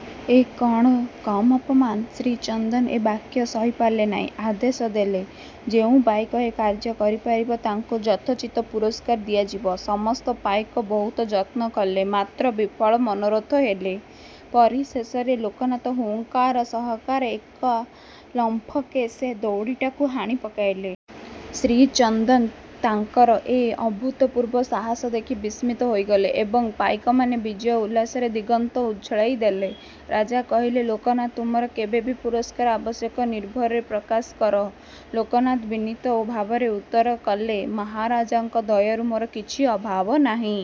'' ଏ କ'ଣ କମ୍ ଅପମାନ! ଶ୍ରୀଚନ୍ଦନ ଏ ବାକ୍ୟ ସହିପାରିଲେ ନାହିଁ, ଆଦେଶ ଦେଲେ-ଯେଉଁ ପାଇକ ଏ କାର୍ଯ୍ୟ କରିପାରିବ, ତାକୁ ଯଥୋଚିତ ପୁରସ୍କାର ଦିଆଯିବ। ସମସ୍ତ ପାଇକ ବହୁତ ଯତ୍ନ କଲେ; ମାତ୍ର ବିଫଳ ମନୋରଥ ହେଲେ। ପରିଶେଷରେ ଲୋକନାଥ ହୁଙ୍କାର ସହକାରେ ଏକା ଲମ୍ପକେ ସେ ଦଉଡ଼ିଟାକୁ ହାଣି ପକାଇଲେ। ଶ୍ରୀଚନ୍ଦନ ତାଙ୍କର ଏ ଅଭୂତପୂର୍ବ ସାହାସ ଦେଖି ବିସ୍ମିତ ହୋଇଗଲେ ଏବଂ ପାଇକମାନେ ବିଜୟ ଉଲ୍ଲାସରେ ଦିଗନ୍ତ ଉଛୁଳାଇ ଦେଲେ। ରାଜା କହିଲେ, "ଲୋକନାଥ, ତୁମର ତେବେ କି ପୁରସ୍କାର ଆବଶ୍ୟକ, ନିର୍ଭୟରେ ପ୍ରକାଶ କର। '' ଲୋକନାଥ ବିନୀତ ଭାବରେ ଉତ୍ତର କଲେ, "ମହାରାଜାଙ୍କ ଦୟାରୁ ମୋର କିଛି ଅଭାବ ନାହିଁ।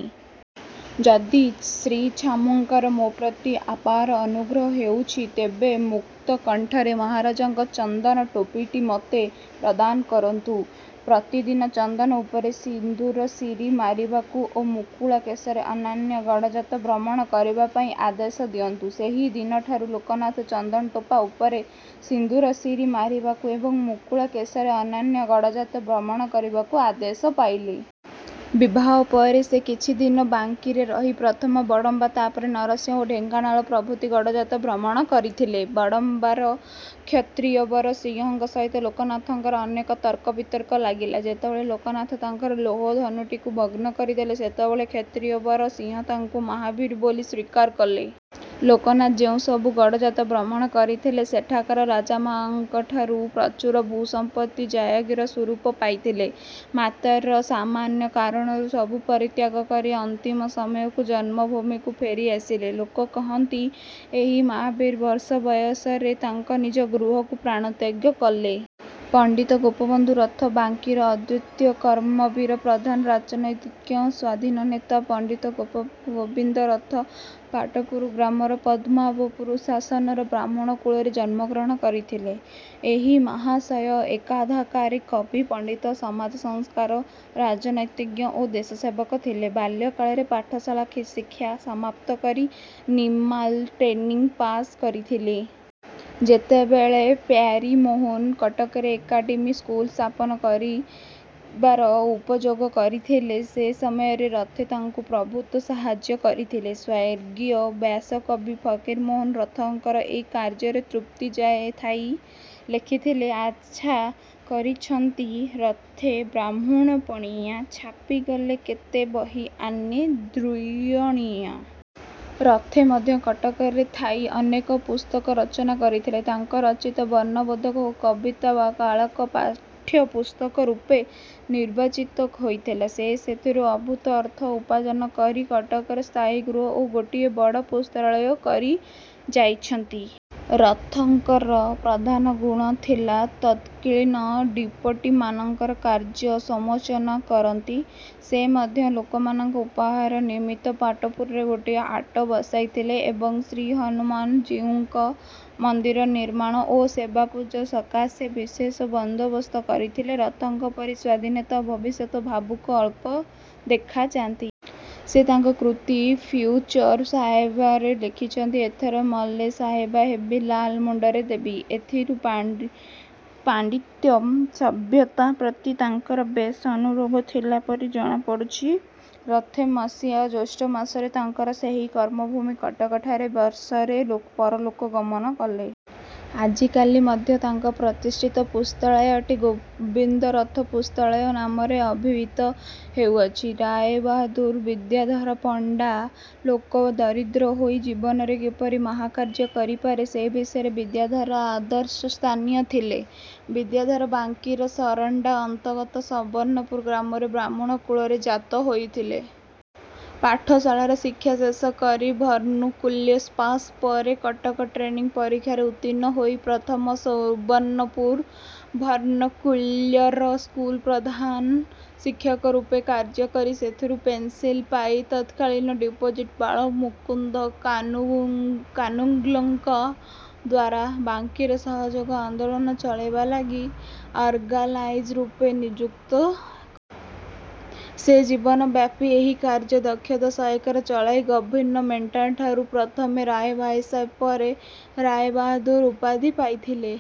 ଯଦି ଶ୍ରୀଛାମୁଙ୍କର ମୋପ୍ରତି ଅପାର ଅନୁଗ୍ରହ ହେଉଛି, ତେବେ ମୁକ୍ତକଣ୍ଠରେ ମହାରାଜାଙ୍କ ଚନ୍ଦନ ଟୋପିଟି ମୋତେ। ପ୍ରଦାନ କରନ୍ତୁ। ପ୍ରତିଦିନ ଚନ୍ଦନ ଉପରେ ସିନ୍ଦୂରଶିରି ମାରିବାକୁ ଓ ମୁକୁଳା କେଶରେ ଅନ୍ୟାନ୍ୟ ଗଡ଼ଜାତ ଭ୍ରମଣ କରିବାପାଇଁ ଆଦେଶ ଦିଅନ୍ତୁ। '' ସେହି ଦିନଠାରୁ ଲୋକନାଥ ଚନ୍ଦନ ଟୋପା ଉପରେ ସିନ୍ଦୂରଶିରି ମାରିବାକୁ ଏବଂ ମୁକୁଳା କେଶରେ ଅନ୍ୟାନ୍ୟ ଗଡ଼ଜାତ ଭ୍ରମଣ କରିବାକୁ ଆଦେଶ ପାଇଥିଲେ। ବିବାହ ପରେ ସେ କିଛି ଦିନ ବାଙ୍କୀରେ ରହି ପ୍ରଥମେ ବଡ଼ମ୍ବା, ତାପରେ ନରସିଂହପୁର ଓ ଢେଙ୍କାନାଳ ପ୍ରଭୃତି ଗଡ଼ଜାତ ଭ୍ରମଣ କରିଥିଲେ। ବଡ଼ମ୍ବାର କ୍ଷତ୍ରିୟବର ସିଂହଙ୍କ ସହିତ ଲୋକନାଥଙ୍କର ଅନେକ ତର୍କ ବିତର୍କ ଲାଗିଲା। ଯେତେବେଳେ ଲୋକନାଥ ତାଙ୍କର ଲୌହ ଧନୁଟିକୁ ଭଗ୍ନ କରିଦେଲେ, ସେତେବେଳେ କ୍ଷତ୍ରିୟବର ସିଂହ ତାଙ୍କୁ ମହାବୀର ବୋଲି ସ୍ଵୀକାର କଲେ। ଲୋକନାଥ ଯେଉଁସବୁ ଗଡ଼ଜାତ ଭ୍ରମଣ କରିଥିଲେ, ସେଠାକାର ରାଜାଙ୍କଠାରୁ ପ୍ରଚୁର ଭୂସମ୍ପତି ଜାୟଗିର ସ୍ୱରୂପ ପାଇଥିଲେ। ମାତ୍ର ସାମାନ୍ୟ କାରଣରୁ ସବୁ ପରିତ୍ୟାଗ କରି ଅନ୍ତିମ ସମୟକୁ ଜନ୍ମଭୂମିକୁ ଫେରି ଆସିଲେ। ଲୋକେ କହନ୍ତି, ଏହି ମହାବୀର ବର୍ଷ ବୟସରେ ତାଙ୍କ ନିଜ ଗୃହରେ ପ୍ରାଣତ୍ୟାଗ କଲେ। ପଣ୍ଡିତ ଗୋବିନ୍ଦ ରଥ ବାଙ୍କୀର ଅଦ୍ଵିତୀୟ କର୍ମବୀର, ପ୍ରଧାନ ରାଜନୀତିଜ୍ଞ, ସ୍ଵାଧୀନଚେତା, ପଣ୍ଡିତ ଗୋବିନ୍ଦ ରଥ ପାଟପୁର ଗ୍ରାମରେ ପଦ୍ମନାଭପୁର ଶାସନରେ ବ୍ରାହ୍ମଣ କୂଳରେ ଜନ୍ମଗ୍ରହଣ କରିଥିଲେ। ଏ ମହାଶୟ ଏକଧାରାରେ କବି, ପଣ୍ଡିତ, ସମାଜ−ସଂସ୍କାରକ, ରାଜନୀତିଜ୍ଞ ଓ ଦେଶସେବକ ଥିଲେ। ବାଲ୍ୟକାଳର ପାଠଶାଳା ଶିକ୍ଷା ସମାପ୍ତ କରି ନର୍ମାଲ ଟେନିଂ ପାଶ୍ କରିଥିଲେ। ଯେତେବେଳେ ପ୍ୟାରୀମୋହନ କଟକରେ ଏକାଡେମୀ ସ୍କୁଲ ସ୍ଥାପନ କରିବାର ଉଦଯୋଗ କରିଥିଲେ, ସେ ସମୟରେ ରଥେ ତାଙ୍କୁ ପ୍ରଭୂତ ସାହାଯ୍ୟ କରିଥିଲେ। ସ୍ଵର୍ଗୀୟ ବ୍ୟାସକବି ଫକୀରମୋହନ ରଥଙ୍କର ଏ କାର୍ଯ୍ୟରେ ତୃପ୍ତ ଥାଇ ଲେଖିଥିଲେ- "ଆଛା କରିଛନ୍ତି ରଥେ ବ୍ରାହ୍ମଣପଣିଆ ଛାପିଗଲେ କେତେ ବହି ଆନେ ଦ୍ଵିଅଣିଆ। '' ରଥେ ମଧ୍ୟ କଟକରେ ଥାଇ ଅନେକ ପୁସ୍ତକ ରଚନା କରିଥିଲେ। ତାଙ୍କ ରଚିତ "ବର୍ଣ୍ଣବୋଧକ" ଓ "କବିତାକଳାପ" ପାଠ୍ୟପୁସ୍ତକ ରୂପେ ନିର୍ବାଚିତ ହୋଇଥିଲା। ସେ ସେଥିରୁ ପ୍ରଭୂତ ଅର୍ଥ ଉପାର୍ଜନ କରି କଟକରେ ସ୍ଥାୟୀ ଗୃହ ଓ ଗୋଟିଏ ବଡ଼ ପୁସ୍ତକାଳୟ କରି ଯାଇଅଛନ୍ତି-। ରଥଙ୍କର ପ୍ରଧାନ ଗୁଣଥିଲା ତତ୍କାଳୀନ ଡିପୋଟିମାନଙ୍କର କାର୍ଯ୍ୟ ସମାଲୋଚନା କରନ୍ତି। ସେ ମଧ୍ୟ ଲୋକମାନଙ୍କ ଉପହାର ନିମିତ୍ତ ପାଟପୁରରେ ଗୋଟିଏ ହାଟ ବସାଇଥିଲେ ଏବଂ ଶ୍ରୀହନୁମାନ ଜୀଉଙ୍କ ମନ୍ଦିର ନିର୍ମାଣ ଓ ସେବାପୂଜା ସକାଶେ ବିଶେଷ ବନ୍ଦୋବସ୍ତ କରିଥିଲେ-। ରଥଙ୍କ ପରି ସ୍ଵାଧୀନଚେତା ଓ ଭବିଷ୍ୟତ୍ ଭାବୁକ ଅଳ୍ପ ଦେଖାଯାନ୍ତି। ସେ ତାଙ୍କ କୃତ "ଫିଉଚର୍ ସାହେବ"ରେ ଲେଖିଛନ୍ତି- "ଏଥର ମଲେ ସାହେବ ହେବି ଲାଲ ମୁଣ୍ଡରେ ଦେବି। '' ଏଥିରୁ ପାଣ୍ଡିତ୍ୟ ସଭ୍ୟତା ପ୍ରତି ତାଙ୍କର ବେଶ୍ ଅନୁରାଗ ଥିଲା ପରି ଜଣା ପଡ଼ୁଅଛି। ରଥେ ମସିହା ଜ୍ୟେଷ୍ଠମାସରେ ତାଙ୍କର ସେହି କର୍ମଭୂମି କଟକଠାରେ ବର୍ଷରେ ପରଲୋକ ଗମନ କଲେ। ଆଜିକାଲି ମଧ୍ୟ ତାଙ୍କ ପ୍ରତିଷ୍ଠିତ ପୁସ୍ତକାଳୟଟି "ଗୋବିନ୍ଦରଥ ପୁସ୍ତକାଳୟ'' ନାମରେ ଅଭିହିତ ହେଉଅଛି। ରାୟବାହାଦୂର ବିଦ୍ୟାଧର ପଣ୍ଡା ଲୋକ ଦରିଦ୍ର ହୋଇ ଜୀବନରେ କିପରି ମହତ୍କାର୍ଯ୍ୟ କହିପାରେ, ସେ ବିଷୟରେ ବିଦ୍ୟାଧର ଆଦର୍ଶସ୍ଥାନୀୟ ଥିଲେ। ବିଦ୍ୟାଧର ବାଙ୍କୀର ସରଣ୍ଡା ଅନ୍ତର୍ଗତ ସୁବର୍ଣ୍ଣପୁର ଗ୍ରାମରେ ବ୍ରାହ୍ମଣ କୁଳରେ ଜାତ ହୋଇଥିଲେ। ପାଠଶାଳାର ଶିକ୍ଷା ଶେଷ କରି ଭର୍ଣ୍ଣାକ୍ୟୁଲର ପାଶ୍ ପରେ କଟକ ଟ୍ରେନିଂ ପରୀକ୍ଷାରେ ଉତ୍ତୀର୍ଣ୍ଣ ହୋଇ ପ୍ରଥମେ ସୁବର୍ଣ୍ଣପୁର ଭର୍ଣ୍ଣାକ୍ୟୁଲର ସ୍କୁଲର ପ୍ରଧାନ ଶିକ୍ଷକ ରୂପେ କାର୍ଯ୍ୟ କରି ସେଥିରୁ ପେନସନ୍ ପାଇ ତତ୍କାଳୀନ ଡିପୋଟି ବାଳମୁକୁନ୍ଦ କାନୁନ୍ଗୋଙ୍କ ଦ୍ଵାରା ବାଙ୍କୀରେ ସହଯୋଗ ଆନ୍ଦୋଳନ ଚଳାଇବା ଲାଗି ଅର୍ଗାନାଇଜର ରୂପେ ନିଯୁକ୍ତ ହେଲେ। ସେ ଜୀବନ ବ୍ୟାପି ଏହି କାର୍ଯ୍ୟ ଦକ୍ଷତା ସହକାରେ ଚଳାଇ ଗଭର୍ଣ୍ଣମେଣ୍ଟଙ୍କଠାରୁ ପ୍ରଥମେ ରାୟସାହେବ ଓ ପରେ ରାୟବାହାଦୂର ଉପାଧି ପାଇଥିଲେ।